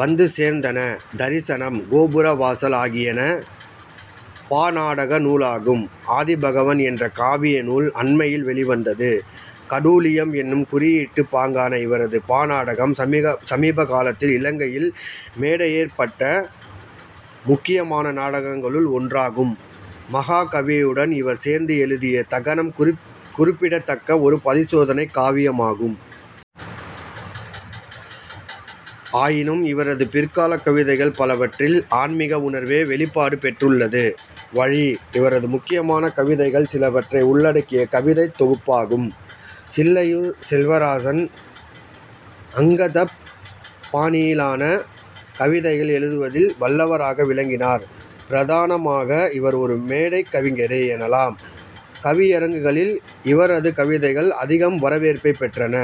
வந்து சேர்ந்தன-தரிசனம், கோபுரவாசல் ஆகியன பாநாடக நூல்களாகும். ஆதிபகவன் என்ற காவிய நூல் அண்மையில் வௌிவந்துள்ளது. கடூழியம் என்னும் குறியீட்டுப் பாங்கான இவரது பாநாடகம் சமீபகாலத்தில் இலங்கையில் மேடையேற்றப்பட்ட முக்கியமான நாடகங்களுள் ஒன்றாகும். மஹாகவியுடன் இவர் சேர்ந்து எழுதிய 'தகனம்' குறிப்பிடத்தக்க ஒரு பரிசோதனைக் காவியமாகும். ஆயினும் இவரது பிற்காலக் கவிதைகள் பலவற்றில் ஆன்மீக உணர்வே வௌிப்பாடு பெற்றுள்ளது. 'வழி' இவரது முக்கியமான கவிதைகள் சிலவற்றை உள்ளடக்கிய கவிதைத் தொகுப்பாகும். சில்லையூர் செல்வராசன் அங்கதப் பாணியிலான கவிதைகள் எழுதுவதில் வல்லவராக விளங்கினார். பிரதானமாக இவர் ஒரு மேடைக்கவிஞரே எனலாம். கவியரங்குகளில் இவரது கவிதைகள் அதிகம் வரவேற்பைப் பெற்றன.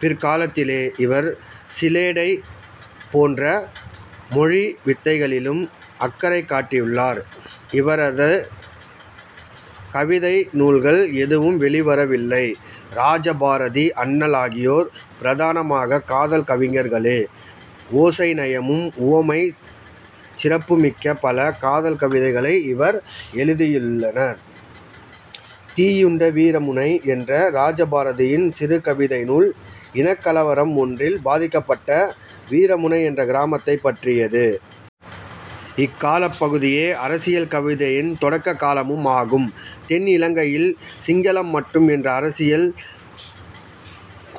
பிற்காலத்திலே இவர் சிலேடை போன்ற மொழி வித்தைகளிலும் அக்கறை காட்டியுள்ளார். இவரது கவிதை நூல்கள் எதுவும் வௌிவரவில்லை. இராஜ பாரதி, அண்ணல் ஆகியோர் பிரதானமாகக் காதல் கவிஞர்களே. ஓசைநயமும் உவமைச் சிறப்புமிக்க பல காதல் கவிதைகளை இவர்கள் எழுதியுள்ளனர். தீயுண்ட வீரமுனை என்ற இராஜ பாரதியின் சிறு கவிதை நூல் இனக்கலவரம் ஒன்றில் பாதிக்கப்பட்ட வீரமுனை என்ற கிராமத்தைப் பற்றியது. இக்காலப் பகுதியே அரசியல் கவிதையின் தொடக்க காலமும் ஆகும். தென் இலங்கையில் சிங்களம் மட்டும் என்ற அரசியல்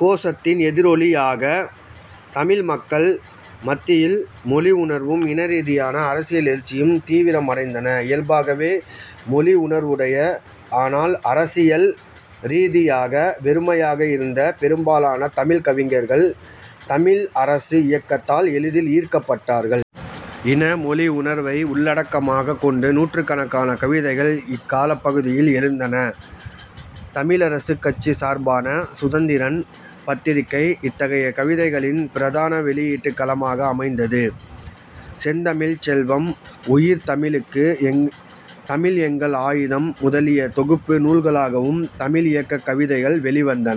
கோசத்தின் எதிரொலியாக தமிழ் மக்கள் மத்தியில் மொழி உணர்வும் இனரீதியான அரசியல் எழுச்சியும் தீவிரம் அடைந்தன. இயல்பாகவே மொழி உணர்வுடைய, ஆனால் அரசியல் ரீதியாக வெறுமையாக இருந்த பெரும்பாலான தமிழ்க் கவிஞர்கள் 'தமிழ் அரசு' இயக்கத்தால் எளிதில் ஈர்க்கப்பட்டார்கள். இன, மொழி உணர்வை உள்ளடக்கமாகக் கொண்டு நூற்றுக்கணக்கான கவிதைகள் இக்காலப் பகுதியில் எழுந்தன. தமிழரசுக்கட்சி சார்பான சுதந்திரன் பத்திரிகை இத்தகைய கவிதைகளின் பிரதான வௌியீட்டுக் களமாக அமைந்தது. செந்தமிழ்ச் செல்வம், உயிர்தமிழுக்கு, தமிழ் எங்கள் ஆயுதம் முதலிய தொகுப்பு நூல்களாகவும் தமிழ் இயக்கக் கவிதைகள் வௌிவந்தன.